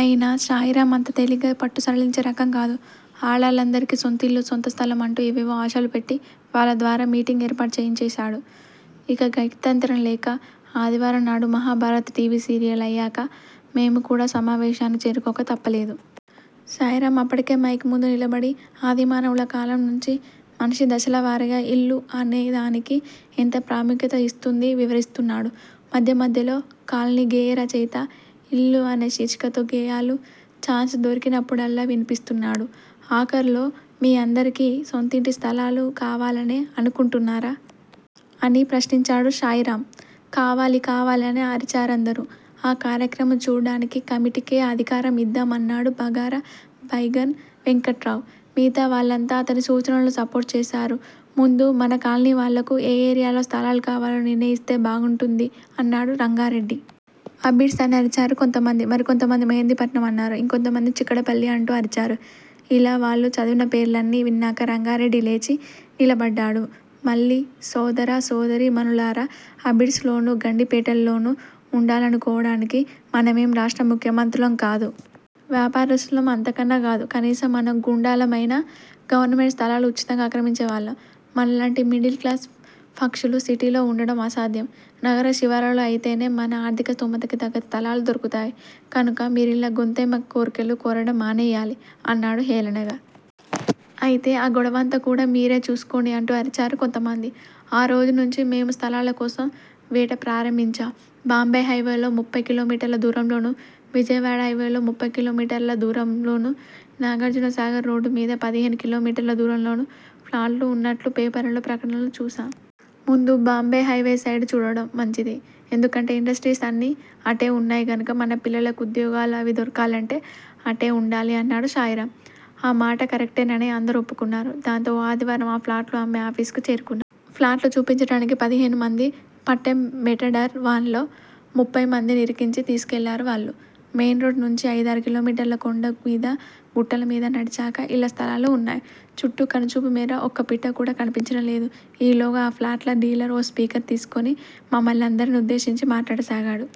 అయినా శాయిరామ్ అంత తేలిగ్గా పట్టు సడలించే రకం కాదు. ఆడాళ్ళందరికీ 'సొంతిళ్ళు- సొంత స్థలం' అంటూ ఏవేవో ఆశలుపెట్టి వాళ్ళ ద్వారా మీటింగ్ ఏర్పాటు చేయించేశాడు. ఇక గత్యంతరం లేక ఆదివారం నాడు మహాభారత్ టీవీ సీరియల్ అయ్యాక మేము కూడా సమావేశానికి చేరుకోక తప్పలేదు. శాయిరామ్ అప్పటికే మైక్ ముందు నిలబడి ఆదిమానవుల కాలం నుంచీ మనిషి దశల వారీగా 'ఇల్లు'అనేదానికి ఎంత ప్రాముఖ్యత ఇస్తుంది వివరిస్తున్నాడు. మధ్యమధ్యలో కాలనీ గేయ రచయిత 'ఇల్లు' అనే శీర్షికతో గేయాలు- ఛాన్స్ దొరికి నప్పుడల్లా వినిపిస్తున్నాడు. ఆఖర్లో మీ అందరికీ సొంతింటి స్థలాలు కావాలనే అనుకుంటున్నారా? అని ప్రశ్నించాడు శాయిరామ్. కావాలీ కావాలీ అని అరిచారందరూ. ఆ కార్యక్రమం చూడ్డానికి కమిటీకే అధికారం ఇద్దాం అన్నాడు బగారా బైగన్ వెంకట్రావ్. మిగతా వాళ్ళంతా అతని సూచనను సపోర్ట్ చేశారు. ముందు మన కాలనీవాళ్ళకు ఏ ఏరియాలో స్థలాలు కావాలో నిర్ణయిస్తే బాగుంటుంది అన్నాడు రంగారెడ్డి. అబిడ్స్ అని అరిచారు కొంతమంది. మరికొంతమంది మెహిదీపట్నం అన్నారు. ఇంకొంత మంది 'చిక్కడపల్లి' అంటూ అరిచారు. ఇలా వాళ్ళు చదివిన పేర్లన్నీ విన్నాక రంగారెడ్డి లేచి నిలబడ్డాడు మళ్ళీ. సోదర సోదరీ మణులారా, అబిడ్స్ లోనూ గండిపేటల్లోనూ ఉండాలను కోడానికి మనమేం రాష్ట్ర్ర ముఖ్యమంత్రులం కాదు! వ్యాపారస్తులం అంతకన్నా కాదు. కనీసం మనం గూండాలమయినా, గవర్నమెంట్ స్థలాలు ఉచితంగా ఆక్రమించే వాళ్ళం. మనలాంటి మిడిల్ క్లాస్ పక్షులు సిటీలో ఉండడం అసాధ్యం. నగర శివార్లలో అయితేనే మన ఆర్ధికస్థోమతకి తగ్గ స్థలాలు దొరుకుతాయి. కనుక మీరిలా గొంతెమ్మ కోర్కెలు కోరడం మానేయాలి! అన్నాడు హేళనగా. అయితే ఆ గొడవంతా కూడా మీరే చూసుకోండి అంటూ అరిచారు కొంతమంది. ఆ రోజునుంచీ మేము స్థలాల కోసం వేట ప్రారంభించాం! బాంబే హైవేలో ముప్పయ్ కిలోమీటర్ల దూరంలోనూ, విజయవాడ హైవేలో ముప్పయ్ కిలోమీటర్లల దూరం లోనూ, నాగార్జునసాగర్ రోడ్డుమీద పదిహేను కిలోమీటర్ల దూరంలోనూ, ప్లాట్లు ఉన్నట్లు పేపర్లలో ప్రకటనలు చూశాం. ముందు బాంబే హైవే సైడ్ చూడటం మంచిది. ఎందుకంటే ఇండస్ట్రీస్ అన్నీ అటే ఉన్నాయి గనుక మన పిల్లలకు ఉద్యోగాలు అవీ దొరకాలంటే అటే ఉండాలి అన్నాడు శాయిరామ్. ఆ మాట కరక్టేనని అందరూ ఒప్పుకున్నారు. దాంతో ఓ ఆదివారం ఆ ప్లాట్లు అమ్మే ఆఫీస్ కి చేరుకున్నాం. ప్లాట్లు చూపించడానికి పదిహేను మంది పట్టే మెటడార్ వాన్ లో ముప్పయ్ మందిని ఇరికించి తీసుకెళ్ళారు వాళ్ళు. మెయిన్ రోడ్ నుంచి అయిదారు కిలోమీటర్లు కొండ మీదా గుట్టల మీదా నడిచాక ఇళ్ళస్థలాలు ఉన్నాయ్. చుట్టూ కనుచూపు మేర ఒక్కపిట్ట కూడా కనిపించటం లేదు. ఈలోగా ఆ ప్లాట్ల డీలర్ ఓ స్పీకర్ తీసుకుని మమ్మల్నందరినీ ఉద్దేశించి మాట్లాడసాగాడు.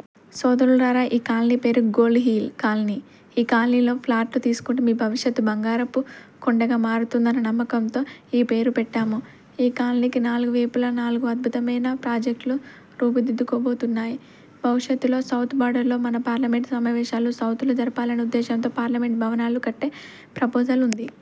సోదరులారా! ఈ కాలనీ పేరు గోల్డ్ హిల్ కాలనీ! ఈ కాలనీలో ప్లాట్లు తీసుకుంటే మీ భవిష్యత్తు బంగారపు కొండగా మారుతుందన్న నమ్మకంతో ఈ పేరుపెట్టాము. ఈ కాలనీకి నాలుగు వేపులా నాలుగు అద్భుతమయిన ప్రాజెక్ట్ ళు రూపుదిద్దు కోబోతున్నాయ్. భవిష్యత్తులో సౌత్ బోర్డర్ లో మన పార్లమెంట్ సమావేశాలు, సౌత్ లో జరపాలనే ఉద్దేశంతో పార్లమెంట్ భవనాలు కట్టే ప్రపోజల్ ఉంది.